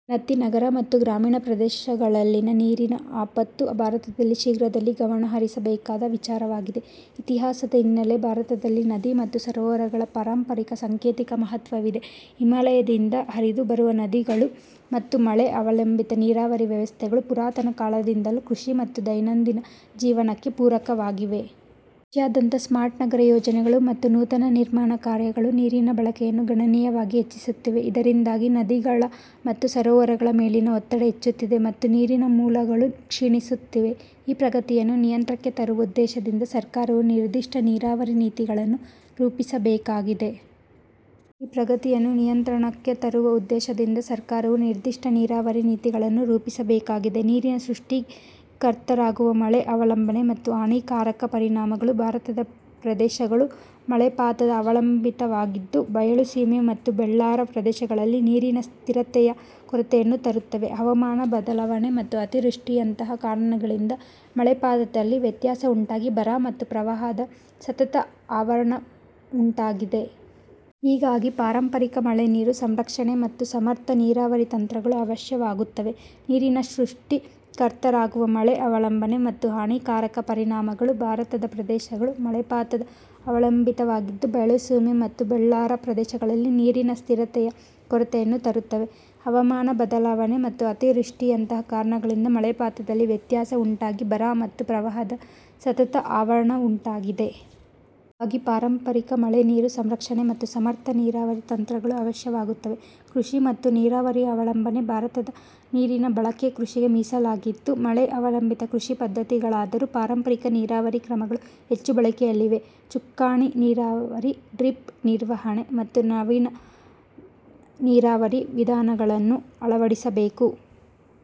ಈ ಬೆನ್ನತ್ತಿ, ನಗರ ಮತ್ತು ಗ್ರಾಮೀಣ ಪ್ರದೇಶಗಳಲ್ಲಿನ ನೀರಿನ ಆಪತ್ತು ಭಾರತದಲ್ಲಿ ಶೀಘ್ರದಲ್ಲಿ ಗಮನಹರಿಸಬೇಕಾದ ವಿಚಾರವಾಗಿದೆ. ಇತಿಹಾಸದ ಹಿನ್ನಲೆ ಭಾರತದಲ್ಲಿ ನದಿ ಮತ್ತು ಸರೋವರಗಳ ಪಾರಂಪರಿಕ ಸಾಂಕೇತಿಕ ಮಹತ್ವವಿದೆ. ಹಿಮಾಲಯದಿಂದ ಹರಿದು ಬರುವ ನದಿಗಳು ಮತ್ತು ಮಳೆ ಅವಲಂಬಿತ ನೀರಾವರಿ ವ್ಯವಸ್ಥೆಗಳು ಪುರಾತನ ಕಾಲದಿಂದಲೂ ಕೃಷಿ ಮತ್ತು ದೈನಂದಿನ ಜೀವನಕ್ಕೆ ಪೂರಕವಾಗಿವೆ. ದೇಶಾದ್ಯಂತ ಸ್ಮಾರ್ಟ್ ನಗರ ಯೋಜನೆಗಳು ಮತ್ತು ನೂತನ ನಿರ್ಮಾಣ ಕಾರ್ಯಗಳು ನೀರಿನ ಬಳಕೆಯನ್ನು ಗಣನೀಯವಾಗಿ ಹೆಚ್ಚಿಸುತ್ತಿವೆ. ಇದರಿಂದಾಗಿ ನದಿಗಳ ಮತ್ತು ಸರೋವರಗಳ ಮೇಲಿನ ಒತ್ತಡ ಹೆಚ್ಚುತ್ತಿದೆ, ಮತ್ತು ನೀರಿನ ಮೂಲಗಳು ಕ್ಷೀಣಿಸುತ್ತಿವೆ. ಈ ಪ್ರಗತಿಯನ್ನು ನಿಯಂತ್ರಣಕ್ಕೆ ತರುವ ಉದ್ದೇಶದಿಂದ ಸರಕಾರವು ನಿರ್ದಿಷ್ಟ ನೀರಾವರಿ ನೀತಿಗಳನ್ನು ರೂಪಿಸಬೇಕಾಗಿದೆ. ಈ ಪ್ರಗತಿಯನ್ನು ನಿಯಂತ್ರಣಕ್ಕೆ ತರುವ ಉದ್ದೇಶದಿಂದ ಸರಕಾರವು ನಿರ್ದಿಷ್ಟ ನೀರಾವರಿ ನೀತಿಗಳನ್ನು ರೂಪಿಸಬೇಕಾಗಿದೆ. ನೀರಿನ ಸೃಷ್ಟಿಕರ್ತರಾಗುವ ಮಳೆ ಅವಲಂಬನೆ ಮತ್ತು ಹಾನಿಕಾರಕ ಪರಿಣಾಮಗಳು ಭಾರತದ ಪ್ರದೇಶಗಳು ಮಳೆಪಾತದ ಅವಲಂಬಿತವಾಗಿದ್ದು, ಬಾಯಲುಸೀಮೆ ಮತ್ತು ಬೆಳ್ಳಾರ ಪ್ರದೇಶಗಳಲ್ಲಿ ನೀರಿನ ಸ್ಥಿರತೆಯ ಕೊರತೆಯನ್ನು ತರುತ್ತವೆ. ಹವಾಮಾನ ಬದಲಾವಣೆ ಮತ್ತು ಅತಿವೃಷ್ಟಿಯಂತಹ ಕಾರಣಗಳಿಂದ ಮಳೆಪಾತದಲ್ಲಿ ವ್ಯತ್ಯಾಸ ಉಂಟಾಗಿ ಬರ ಮತ್ತು ಪ್ರವಾಹದ ಸತತ ಆವರಣವುಂಟಾಗಿದೆ. ಹೀಗಾಗಿ, ಪಾರಂಪರಿಕ ಮಳೆನೀರು ಸಂರಕ್ಷಣೆ ಮತ್ತು ಸಮರ್ಥ ನೀರಾವರಿ ತಂತ್ರಗಳು ಅವಶ್ಯವಾಗುತ್ತವೆ. ನೀರಿನ ಸೃಷ್ಟಿಕರ್ತರಾಗುವ ಮಳೆ ಅವಲಂಬನೆ ಮತ್ತು ಹಾನಿಕಾರಕ ಪರಿಣಾಮಗಳು ಭಾರತದ ಪ್ರದೇಶಗಳು ಮಳೆಪಾತದ ಅವಲಂಬಿತವಾಗಿದ್ದು, ಬಾಯಲುಸೀಮೆ ಮತ್ತು ಬೆಳ್ಳಾರ ಪ್ರದೇಶಗಳಲ್ಲಿ ನೀರಿನ ಸ್ಥಿರತೆಯ ಕೊರತೆಯನ್ನು ತರುತ್ತವೆ. ಹವಾಮಾನ ಬದಲಾವಣೆ ಮತ್ತು ಅತಿವೃಷ್ಟಿಯಂತಹ ಕಾರಣಗಳಿಂದ ಮಳೆಪಾತದಲ್ಲಿ ವ್ಯತ್ಯಾಸ ಉಂಟಾಗಿ ಬರ ಮತ್ತು ಪ್ರವಾಹದ ಸತತ ಆವರಣವುಂಟಾಗಿದೆ. ಹೀಗಾಗಿ, ಪಾರಂಪರಿಕ ಮಳೆನೀರು ಸಂರಕ್ಷಣೆ ಮತ್ತು ಸಮರ್ಥ ನೀರಾವರಿ ತಂತ್ರಗಳು ಅವಶ್ಯವಾಗುತ್ತವೆ. ಕೃಷಿ ಮತ್ತು ನೀರಾವರಿ ಅವಲಂಬನೆ ಭಾರತದ ನೀರಿನ ಬಳಕೆ ಕೃಷಿಗೆ ಮೀಸಲಾಗಿದ್ದು, ಮಳೆ ಅವಲಂಬಿತ ಕೃಷಿ ಪದ್ಧತಿಗಳಾದರೂ ಪಾರಂಪರಿಕ ನೀರಾವರಿ ಕ್ರಮಗಳು ಹೆಚ್ಚು ಬಳಕೆಯಲ್ಲಿವೆ. ಚುಕ್ಕಾಣಿ ನೀರಾವರಿ, ಡ್ರಿಪ್ ನಿರ್ವಹಣೆ, ಮತ್ತು ನವನವೀನ ನೀರಾವರಿ ವಿಧಾನಗಳನ್ನು ಅಳವಡಿಸಬೇಕು.